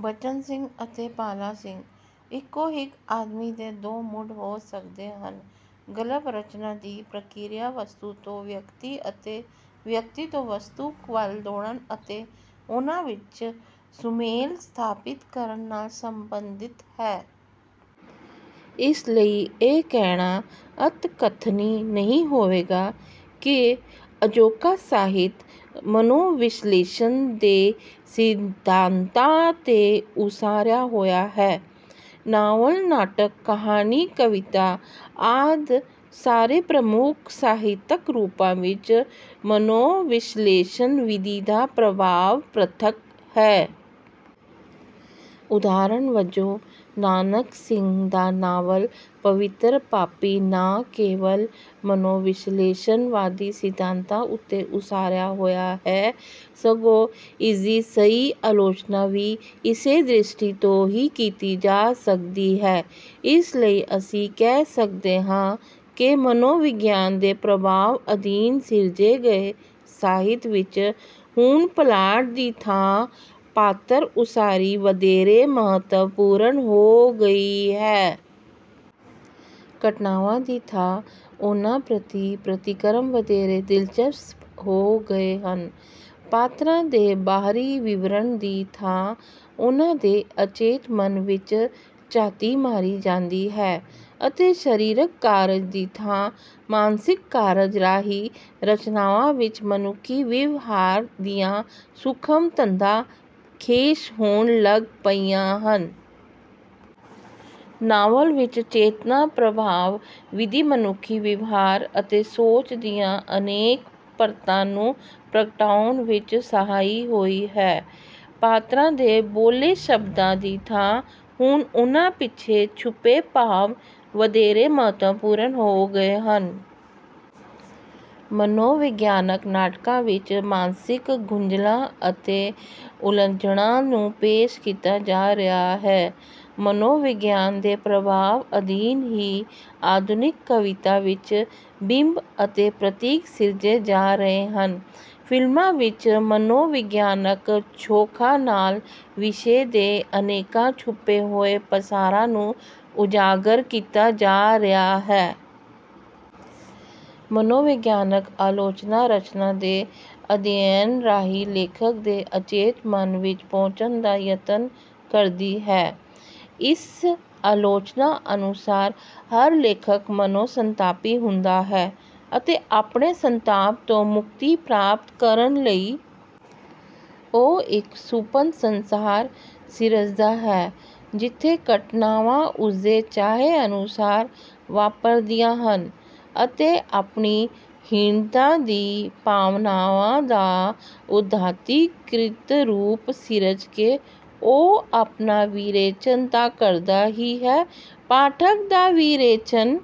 ਬਚਨ ਸਿੰਘ ਅਤੇ ਪਾਲਾ ਸਿੰਘ ਇੱਕੋ ਹੀ ਆਦਮੀ ਦੇ ਦੋ ਮੂਡ ਹੋ ਸਕਦੇ ਹਨ। ਗਲਪ ਰਚਨਾ ਦੀ ਪ੍ਰਕਿਰਿਆ ਵਸਤੂ ਤੋਂ ਵਿਅਕਤੀ ਅਤੇ ਵਿਅਕਤੀ ਤੋਂ ਵਸਤੂ ਵੱਲ ਦੌੜਣ ਅਤੇ ਉਹਨਾਂ ਵਿੱਚ ਸੁਮੇਲ ਸਥਾਪਿਤ ਕਰਨ ਨਾਲ ਸੰਬੰਧਿਤ ਹੈ। ਇਸ ਲਈ ਇਹ ਕਹਿਣਾ ਅਤਿਕਥਨੀ ਨਹੀਂ ਹੋਵੇਗਾ ਕਿ ਅਜੋਕਾ ਸਾਹਿਤ ਮਨੋਵਿਸ਼ਲੇਸ਼ਣ ਦੇ ਸਿਧਾਤਾਂ ਤੇ ਉਸਾਰਿਆ ਹੋਇਆ ਹੈ। ਨਾਵਲ ਨਾਟਕ ਕਹਾਣੀ ਕਵਿਤਾ ਆਦਿ ਸਾਰੇ ਪ੍ਰਮੁੱਖ ਸਾਹਿਤਕ ਰੂਪਾਂ ਵਿੱਚ ਮਨੋਵਿਸ਼ਲੇਸ਼ਣ ਵਿਧੀ ਦਾ ਪ੍ਰਭਾਵ ਪ੍ਰਤੱਖ ਹੈ। ਉਦਾਹਰਨ ਵਜੋਂ ਨਾਨਕ ਸਿੰਘ ਦਾ ਨਾਵਲ ਪਵਿੱਤਰ ਪਾਪੀ ਨਾ ਕੇਵਲ ਮਨੋਵਿਸ਼ਲੇਸ਼ਣਵਾਦੀ ਸਿਧਾਤਾਂ ਉੱਤੇ ਉਸਾਰਿਆ ਹੋਇਆ ਹੈ ਸਗੋਂ ਇਸਦੀ ਸਹੀ ਆਲੋਚਨਾ ਵੀ ਇਸੇ ਦ੍ਰਿਸ਼ਟੀ ਤੋਂ ਹੀ ਕੀਤੀ ਜਾ ਸਕਦੀ ਹੈ। ਇਸ ਲਈ ਅਸੀ ਕਹਿ ਸਕਦੇ ਹਾਂ ਕਿ ਮਨੋਵਿਗਿਆਨ ਦੇ ਪ੍ਰਭਾਵ ਅਧੀਨ ਸਿਰਜੇ ਗਏ ਸਾਹਿਤ ਵਿੱਚ ਹੁਣ ਪਲਾਟ ਦੀ ਥਾਂ ਪਾਤਰ ਉਸਾਰੀ ਵਧੇਰੇ ਮਹੱਤਵਪੂਰਨ ਹੋ ਗਈ ਹੈ। ਘਟਨਾਵਾਂ ਦੀ ਥਾਂ ਉਹਨਾਂ ਪ੍ਰਤਿ ਪ੍ਰਤਿਕਰਮ ਵਧੇਰੇ ਦਿਲਚਸਪ ਹੋ ਗਏ ਹਨ। ਪਾਤਰਾਂ ਦੇ ਬਾਹਰੀ ਵਿਵਰਣ ਦੀ ਥਾਂ ਉਹਨਾਂ ਦੇ ਅਚੇਤ ਮਨ ਵਿੱਚ ਝਾਤੀ ਮਾਰੀ ਜਾਂਦੀ ਹੈ ਅਤੇ ਸਰੀਰਕ ਕਾਰਜ ਦੀ ਥਾਂ ਮਾਨਸਿਕ ਕਾਰਜ ਰਾਹੀਂ ਰਚਨਾਵਾਂ ਵਿੱਚ ਮਨੁੱਖੀ ਵਿਵਹਾਰ ਦੀਆਂ ਸੂਖਮ ਤੰਦਾਂ ਖੇਸ਼ ਹੋਣ ਲੱਗ ਪਈਆਂ ਹਨ। ਨਾਵਲ ਵਿੱਚ ਚੇਤਨਾ ਪ੍ਰਭਾਵ ਵਿਧੀ ਮਨੁੱਖੀ ਵਿਵਹਾਰ ਅਤੇ ਸੋਚ ਦੀਆਂ ਅਨੇਕ ਪਰਤਾਂ ਨੂੰ ਪ੍ਰਗਟਾਉਣ ਵਿੱਚ ਸਹਾਈ ਹੋਈ ਹੈ। ਪਾਤਰਾਂ ਦੇ ਬੋਲੇ ਸ਼ਬਦਾਂ ਦੀ ਥਾਂ ਹੁਣ ਉਹਨਾਂ ਪਿੱਛੇ ਛੁਪੇ ਭਾਵ ਵਧੇਰੇ ਮਹੱਤਵਪੂਰਨ ਹੋ ਗਏ ਹਨ। ਮਨੋਵਿਗਿਆਨਕ ਨਾਟਕਾਂ ਵਿੱਚ ਮਾਨਸਿਕ ਗੁੰਝਲਾਂ ਅਤੇ ਉਲਝਣਾਂ ਨੂੰ ਪੇਸ਼ ਕੀਤਾ ਜਾ ਰਿਹਾ ਹੈ। ਮਨੋਵਿਗਿਆਨ ਦੇ ਪ੍ਰਭਾਵ ਅਧੀਨ ਹੀ ਆਧੁਨਿਕ ਕਵਿਤਾ ਵਿੱਚ ਬਿੰਬ ਅਤੇ ਪ੍ਰਤੀਕ ਸਿਰਜੇ ਜਾ ਰਹੇ ਹਨ। ਫਿਲਮਾਂ ਵਿੱਚ ਮਨੋਵਿਗਿਆਨਕ ਛੋਖਾਂ ਨਾਲ ਵਿਸ਼ੇ ਦੇ ਅਨੇਕਾਂ ਛੁਪੇ ਹੋਏ ਪਾਸਾਰਾਂ ਨੂੰ ਉਜਾਗਰ ਕੀਤਾ ਜਾ ਰਿਹਾ ਹੈ। ਮਨੋਵਿਗਿਆਨਕ ਆਲੋਚਨਾ ਰਚਨਾ ਦੇ ਅਧਿਐਨ ਰਾਹੀਂ ਲੇਖਕ ਦੇ ਅਚੇਤ ਮਨ ਵਿੱਚ ਪਹੁੰਚਣ ਦਾ ਯਤਨ ਕਰਦੀ ਹੈ। ਇਸ ਆਲੋਚਨਾ ਅਨੁਸਾਰ ਹਰ ਲੇਖਕ ਮਨੋ ਸੰਤਾਪੀ ਹੁੰਦਾ ਹੈ ਅਤੇ ਆਪਣੇ ਸੰਤਾਪ ਤੋਂ ਮੁਕਤੀ ਪ੍ਰਾਪਤ ਕਰਨ ਲਈ ਉਹ ਇੱਕ ਸੁਪਨ ਸੰਸਾਰ ਸਿਰਜਦਾ ਹੈ ਜਿੱਥੇ ਘਟਨਾਵਾਂ ਉਸਦੇ ਚਾਹੇ ਅਨੁਸਾਰ ਵਾਪਰਦੀਆਂ ਹਨ ਅਤੇ ਆਪਣੀ ਹੀਣਤਾ ਦੀ ਭਾਵਨਾਵਾਂ ਦਾ ਉੱਦਾਤੀਕ੍ਰਿਤ ਰੂਪ ਸਿਰਜ ਕੇ ਉਹ ਆਪਣਾ ਵਿਰੇਚਨ ਤਾਂ ਕਰਦਾ ਹੀ ਹੈ ਪਾਠਕ ਦਾ ਵਿਰੇਚਨ